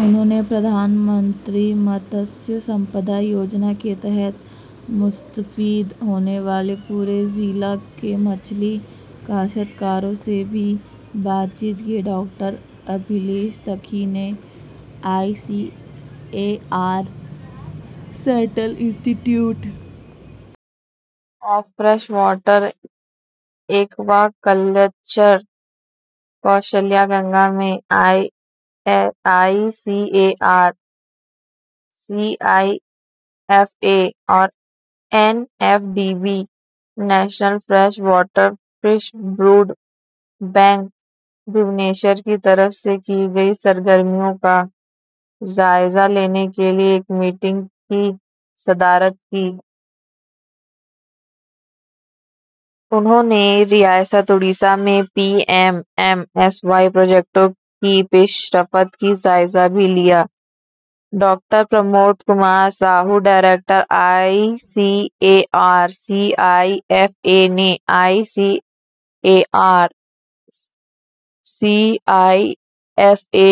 انہوں نے پردھان منتری متسیہ سمپد یوجنا کے تحت مستفید ہونے والے پوری ضلع کے مچھلی کاشتکاروں سے بھی بات چیت کی۔ ڈاکٹر ابھیلکش لکھی نے I C A R central institute of fresh water aquaculture Kausalya Ganga میں I C A R C I F A اور N F D B national fresh water fish brood bank Bhubaneswar کی طرف سے کی گئی سرگرمیوں کا جائزہ لینے کے لیے ایک میٹنگ کی صدارت کی۔ انہوں نے ریاست اوڈیشہ میں P M M S Y پروجیکٹوں کی پیشرفت کا جائزہ بھی لیا۔ Doctor Pramoda Kumar Sahoo director I C A R C I F A نے I C A R C I F A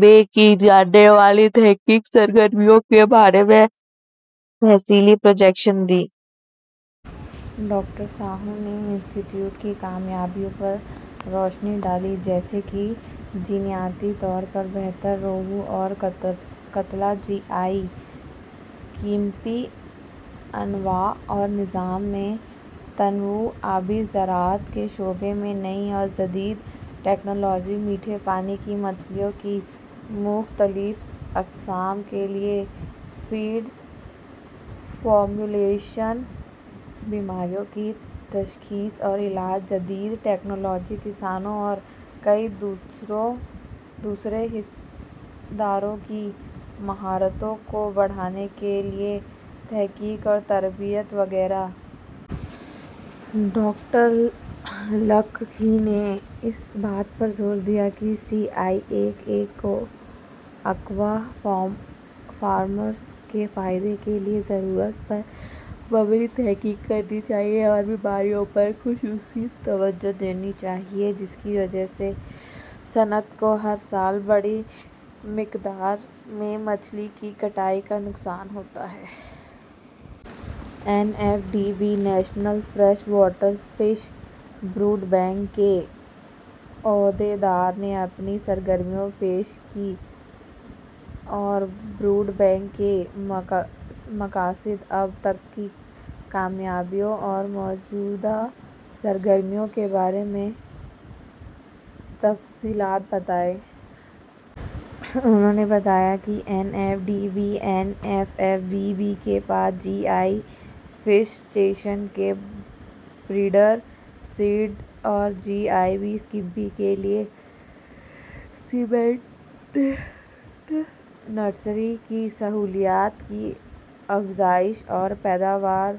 میں کی جانے والی تحقیقی سرگرمیوں کے بارے میں تفصیلی پریزنٹیشن دی۔ ڈاکٹر ساہو نے انسٹی ٹیوٹ کی کامیابیوں پر روشنی ڈالی جیسے کہ جینیاتی طور پر بہتر روہو اور قتلہ جی آئی اسکیمپی انواع اور نظام میں تنوع آبی زراعت کے شعبے میں نئی اور جدید ٹیکنالوجی میٹھے پانی کی مچھلیوں کی مختلف اقسام کے لیے فیڈ فارمولیشن بیماریوں کی تشخیص اور علاج جدید ٹیکنالوجی کسانوں اور کئی دوسرے حصص داروں کی مہارتوں کو بڑھانے کے لیے تحقیق اور تربیت وغیرہ۔ ڈاکٹر لکھی نے اس بات پر زور دیا کہ سی آئی ایف اے کو ایکوا فارمرز کے فائدے کے لیے ضرورت پر مبنی تحقیق کرنی چاہیے اور بیماریوں پر خصوصی توجہ دینی چاہیے جس کی وجہ سے صنعت کو ہر سال بڑی مقدار میں مچھلی کی کٹائی کا نقصان ہوتا ہے۔ N F D B national fresh water fish brood bank کے عہدیدار نے اپنی سرگرمیاں پیش کیں اور بروڈ بینک کے مقاصد اب تک کی کامیابیوں اور موجودہ سرگرمیوں کے بارے میں تفصیلات بتائیں۔ انہوں نے بتایا کہ N F D B N F F B B کے پاس جی آئی فش اسٹرین کے بریڈر سیڈ اور جی آئی اسکیمپی کے لیے سیمنٹڈ نرسری کی سہولیات کی افزائش اور پیداوار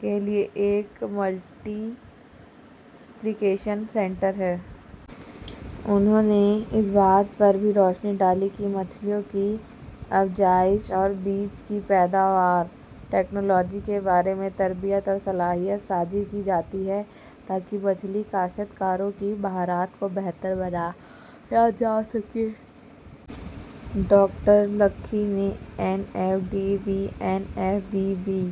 کے لیے ایک ملٹی پلیکیشن سینٹر ہے۔ انہوں نے اس بات پر بھی روشنی ڈالی کہ مچھلیوں کی افزائش اور بیج کی پیداوار ٹیکنالوجی کے بارے میں تربیت اور صلاحیت سازی کی جاتی ہے تاکہ مچھلی کاشتکاروں کی مہارت کو بہتر بنایا جا سکے۔ ڈاکٹر لکھی نے N F D B N F F B be